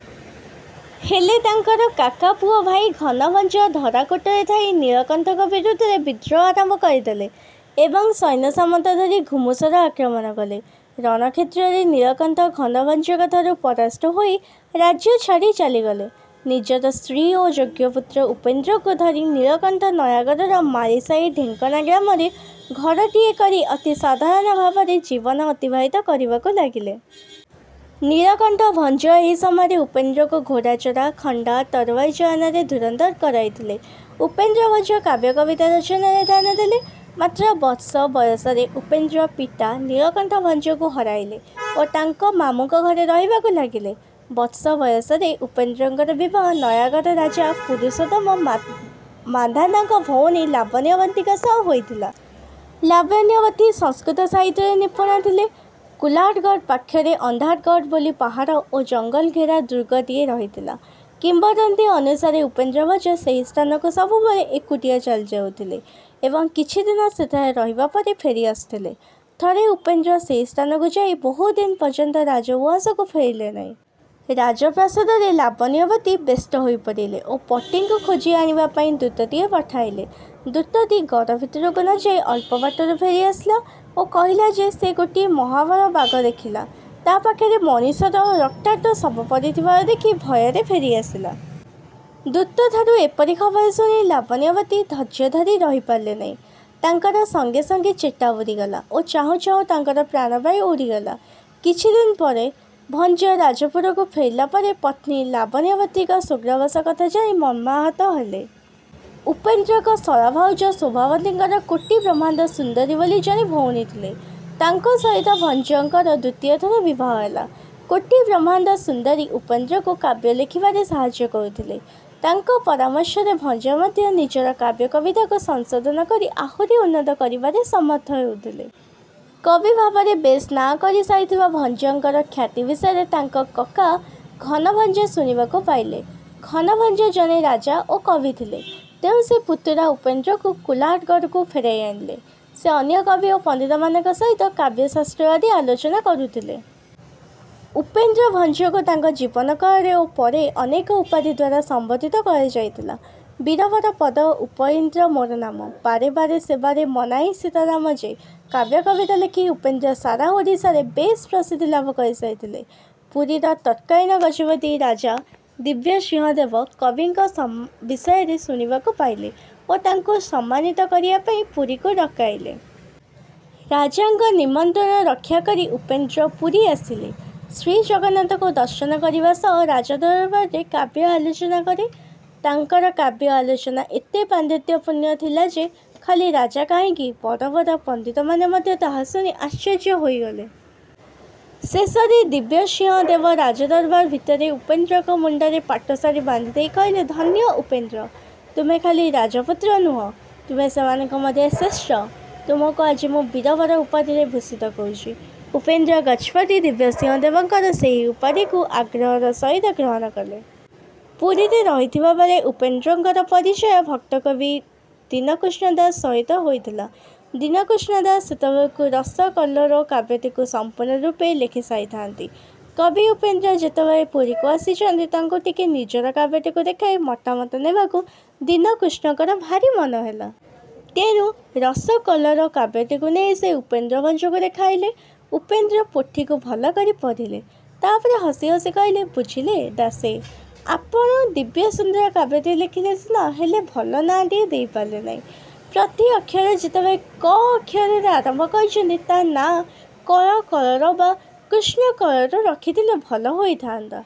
ହେଲେ ତାଙ୍କର କାକାପୁଅ ଭାଇ ଘନଭଞ୍ଜ ଧରାକୋଟରେ ଥାଇ ନୀଳକଣ୍ଠଙ୍କ ବିରୁଦ୍ଧରେ ବିଦ୍ରୋହ ଆରମ୍ଭ କରିଦେଲେ ଏବଂ ସୈନ୍ୟସାମନ୍ତ ଧରି ଘୁମୁସର ଆକ୍ରମଣ କଲେ। ରଣକ୍ଷେତ୍ରରେ ନୀଳକଣ୍ଠ ଘନଭଞ୍ଜଙ୍କଠାରୁ ପରାସ୍ତ ହୋଇ ରାଜ୍ୟ ଛାଡ଼ି ଚାଲିଗଲେ। ନିଜର ସ୍ତ୍ରୀ ଓ ଯୋଗ୍ୟପୁତ୍ର ଉପେନ୍ଦ୍ରଙ୍କୁ ଧରି ନୀଳକଣ୍ଠ ନୟାଗଡ଼ର ମାଳିସାହି ଢେଙ୍କଣା ଗ୍ରାମରେ ଘରଟିଏ କରି ଅତି ସାଧାରଣ ଭାବରେ ଜୀବନ ଅତିବାହିତ କରିବାକୁ ଲାଗିଲେ। ନୀଳକଣ୍ଠ ଭଞ୍ଜ ଏହି ସମୟରେ ଉପେନ୍ଦ୍ରଙ୍କୁ ଘୋଡାଚଢା, ଖଣ୍ଡା, ତରବାରୀ ଚାଳନାରେ ଧୁରନ୍ଧର କରାଇଥିଲେ। ଉପେନ୍ଦ୍ର ଭଞ୍ଜ କାବ୍ୟ କବିତା ରଚନାରେ ଧ୍ୟାନ ଦେଲେ। ମାତ୍ର ବର୍ଷ ବୟସରେ ଉପେନ୍ଦ୍ର ପିତା ନୀଳକଣ୍ଠ ଭଞ୍ଜଙ୍କୁ ହରାଇଲେ ଓ ତାଙ୍କ ମାମୁଙ୍କ ଘରେ ରହିବାକୁ ଲାଗିଲେ। ବର୍ଷ ବୟସରେ ଉପେନ୍ଦ୍ରଙ୍କର ବିବାହ ନୟାଗଡ଼ ରାଜା ପୁରୁଷୋତ୍ତମ ମାନ୍ଧାତାଙ୍କ ଭଉଣୀ ଲାବଣ୍ୟବତୀଙ୍କ ସହ ହୋଇଥିଲା। ଲାବଣ୍ୟବତୀ ସଂସ୍କୃତ ସାହିତ୍ୟରେ ନିପୁଣା ଥିଲେ। କୁଲାଡ଼ଗଡ ପାଖରେ ଅନ୍ଧାରଗଡ଼ ବୋଲି ପାହାଡ଼ ଓ ଜଙ୍ଗଲଘେରା ଦୁର୍ଗଟିଏ ରହିଥିଲା। କିମ୍ବଦନ୍ତୀ ଅନୁସାରେ ଉପେନ୍ଦ୍ର ଭଞ୍ଜ ସେହି ସ୍ଥାନକୁ ସବୁବେଳେ ଏକୁଟିଆ ଚାଲିଯାଉଥିଲେ ଏବଂ କିଛିଦିନ ସେଠାରେ ରହିବା ପରେ ଫେରି ଆସୁଥିଲେ। ଥରେ ଉପେନ୍ଦ୍ର ସେହି ସ୍ଥାନକୁ ଯାଇ ବହୁଦିନ ପର୍ଯ୍ୟନ୍ତ ରାଜଉଆସକୁ ଫେରିଲେ ନାହିଁ। ରାଜପ୍ରାସାଦରେ ଲାବଣ୍ୟବତୀ ବ୍ୟସ୍ତ ହୋଇପଡିଲେ ଓ ପତିଙ୍କୁ ଖୋଜି ଆଣିବା ପାଇଁ ଦୂତଟିଏ ପଠାଇଲେ। ଦୂତଟି ଗଡ଼ ଭିତରକୁ ନଯାଇ ଅଳ୍ପବାଟରୁ ଫେରି ଆସିଲା ଓ କହିଲା ଯେ ସେ ଗୋଟିଏ ମହାବଳ ବାଘ ଦେଖିଲା। ତା ପାଖରେ ମଣିଷର ରକ୍ତାକ୍ତ ଶବ ପଡିଥିବାର ଦେଖି ଭୟରେ ଫେରି ଆସିଲା। ଦୂତଠାରୁ ଏପରି ଖବର ଶୁଣି ଲାବଣ୍ୟବତୀ ଧୈର୍ଯ୍ୟ ଧରି ରହି ପାରିଲେ ନାହିଁ। ତାଙ୍କର ସଙ୍ଗେସଙ୍ଗେ ଚେତା ବୁଡିଗଲା ଓ ଚାହୁଁ ଚାହୁଁ ତାଙ୍କର ପ୍ରାଣବାୟୁ ଉଡିଗଲା। କିଛିଦିନ ପରେ ଭଞ୍ଜ ରାଜପୁରକୁ ଫେରିଲା ପରେ ପତ୍ନୀ ଲାବଣ୍ୟବତୀଙ୍କ ସ୍ୱର୍ଗବାସ କଥା ଜାଣି ମର୍ମାହତ ହେଲେ। ଉପେନ୍ଦ୍ରଙ୍କ ଶଳାଭାଉଜ ଶୋଭାବତୀଙ୍କର କୋଟି ବ୍ରହ୍ମାଣ୍ଡ ସୁନ୍ଦରୀ ବୋଲି ଜଣେ ଭଉଣୀ ଥିଲେ। ତାଙ୍କ ସହିତ ଭଞ୍ଜଙ୍କର ଦ୍ୱିତୀୟଥର ବିବାହ ହେଲା। କୋଟି ବ୍ରହ୍ମାଣ୍ଡ ସୁନ୍ଦରୀ ଉପେନ୍ଦ୍ରଙ୍କୁ କାବ୍ୟ ଲେଖିବାରେ ସାହାଯ୍ୟ କରୁଥିଲେ। ତାଙ୍କ ପରାମର୍ଶରେ ଭଞ୍ଜ ମଧ୍ୟ ନିଜର କାବ୍ୟକବିତାକୁ ସଂଶୋଧନ କରି ଆହୁରି ଉନ୍ନତ କରିବାରେ ସମର୍ଥ ହେଉଥିଲେ। କବି ଭାବରେ ବେଶ୍ ନାଁ କରିସାରିଥିବା ଭଞ୍ଜଙ୍କର ଖ୍ୟାତି ବିଷୟରେ ତାଙ୍କ କକା ଘନଭଞ୍ଜ ଶୁଣିବାକୁ ପାଇଲେ। ଘନଭଞ୍ଜ ଜଣେ ରାଜା ଓ କବି ଥିଲେ। ତେଣୁ ସେ ପୁତୁରା ଉପେନ୍ଦ୍ରଙ୍କୁ କୁଲାଡ଼ଗଡକୁ ଫେରାଇ ଆଣିଲେ। ସେ ଅନ୍ୟ କବି ଓ ପଣ୍ଡିତମାନଙ୍କ ସହିତ କାବ୍ୟଶାସ୍ତ୍ର ଆଦି ଆଲୋଚନା କରୁଥିଲେ। ଉପେନ୍ଦ୍ର ଭଞ୍ଜଙ୍କୁ ତାଙ୍କ ଜୀବନ କାଳରେ ଓ ପରେ ଅନେକ ଉପାଧିଦ୍ୱାରା ସମ୍ବୋଧିତ କରାଯାଇଥିଲା। ବୀରବର ପଦ ଉପଇନ୍ଦ୍ର ମୋର ନାମ। ବାରେ ବାରେ ସେବାରେ ମନାଇଁ ସୀତାରାମ ଯେ।। କାବ୍ୟକବିତା ଲେଖି ଉପେନ୍ଦ୍ର ସାରା ଓଡ଼ିଶାରେ ବେଶ୍ ପ୍ରସିଦ୍ଧି ଲାଭ କରିସାରିଥିଲେ। ପୁରୀର ତତ୍କାଳୀନ ଗଜପତି ରାଜା ଦିବ୍ୟସିଂହ ଦେବ କବିଙ୍କ ବିଷୟରେ ଶୁଣିବାକୁ ପାଇଲେ ଓ ତାଙ୍କୁ ସମ୍ମାନିତ କରିବା ପାଇଁ ପୁରୀକୁ ଡକାଇଲେ। ରାଜାଙ୍କ ନିମନ୍ତ୍ରଣ ରକ୍ଷା କରି ଉପେନ୍ଦ୍ର ପୁରୀ ଆସିଲେ। ଶ୍ରୀଜଗନ୍ନାଥଙ୍କୁ ଦର୍ଶନ କରିବା ସହ ରାଜଦରବାରରେ କାବ୍ୟ ଆଲୋଚନା କଲେ। ତାଙ୍କର କାବ୍ୟ ଆଲୋଚନା ଏତେ ପାଣ୍ଡିତ୍ୟ ପୂର୍ଣ୍ଣ ଥିଲା ଯେ ଖାଲି ରାଜା କାହିଁକି ବଡ଼ ବଡ଼ ପଣ୍ଡିତମାନେ ମଧ୍ୟ ତାହା ଶୁଣି ଆଶ୍ଚର୍ଯ୍ୟ ହୋଇଗଲେ। ଶେଷରେ ଦିବ୍ୟସିଂହ ଦେବ ରାଜଦରବାର ଭିତରେ ଉପେନ୍ଦ୍ରଙ୍କ ମୁଣ୍ଡରେ ପାଟଶାଢୀ ବାନ୍ଧିଦେଇ କହିଲେ, ଧନ୍ୟ ଉପେନ୍ଦ୍ର। ତୁମେ ଖାଲି ରାଜପୁତ୍ର ନୁହଁ, ତୁମେ ସେମାନଙ୍କ ମଧ୍ୟରେ ଶ୍ରେଷ୍ଠ। ତୁମକୁ ଆଜି ମୁଁ ବୀରବର ଉପାଧିରେ ଭୂଷିତ କରୁଛି"। ଉପେନ୍ଦ୍ର ଗଜପତି ଦିବ୍ୟସିଂହ ଦେବଙ୍କର ସେହି ଉପାଧିକୁ ଆଗ୍ରହର ସହିତ ଗ୍ରହଣ କଲେ। ପୁରୀରେ ରହିଥିବାବେଳେ ଉପେନ୍ଦ୍ରଙ୍କର ପରିଚୟ ଭକ୍ତକବି ଦୀନକୃଷ୍ଣ ଦାସ ସହିତ ହୋଇଥିଲା। ଦୀନକୃଷ୍ଣ ଦାସ ସେତେବେଳକୁ "ରସକଲ୍ଲୋଳ" କାବ୍ୟଟିକୁ ସମ୍ପୂର୍ଣ୍ଣ ରୂପେ ଲେଖିସାରିଥାନ୍ତି। କବି ଉପେନ୍ଦ୍ର ଯେତେବେଳେ ପୁରୀକୁ ଆସିଛନ୍ତି, ତାଙ୍କୁ ଟିକେ ନିଜର କାବ୍ୟଟିକୁ ଦେଖାଇ ମତାମତ ନେବାକୁ ଦୀନକୃଷ୍ଣଙ୍କର ଭାରି ମନ ହେଲା। ତେଣୁ "ରସକଲ୍ଲୋଳ" କାବ୍ୟଟିକୁ ନେଇ ସେ ଉପେନ୍ଦ୍ର ଭଞ୍ଜଙ୍କୁ ଦେଖାଇଲେ। ଉପେନ୍ଦ୍ର ପୋଥିକୁ ଭଲ କରି ପଢ଼ିଲେ, ତାପରେ ହସି ହସି କହିଲେ "ବୁଝିଲେ ଦାସେ ଆପଣେ, ଦିବ୍ୟସୁନ୍ଦର କାବ୍ୟଟିଏ ଲେଖିଲେ ସିନା ହେଲେ ଭଲ ନାଁଟିଏ ଦେଇପାରିଲେ ନାହିଁ। ପ୍ରତି ଅକ୍ଷର ଯେତେବେଳେ "କ" ଅକ୍ଷରରେ ଆରମ୍ଭ କରିଛନ୍ତି, ତା ନା "କଳକଲ୍ଲୋଳ" ବା "କୃଷ୍ଣକଲ୍ଲୋଳ" ରଖିଥିଲେ ଭଲ ହୋଇଥାନ୍ତା"।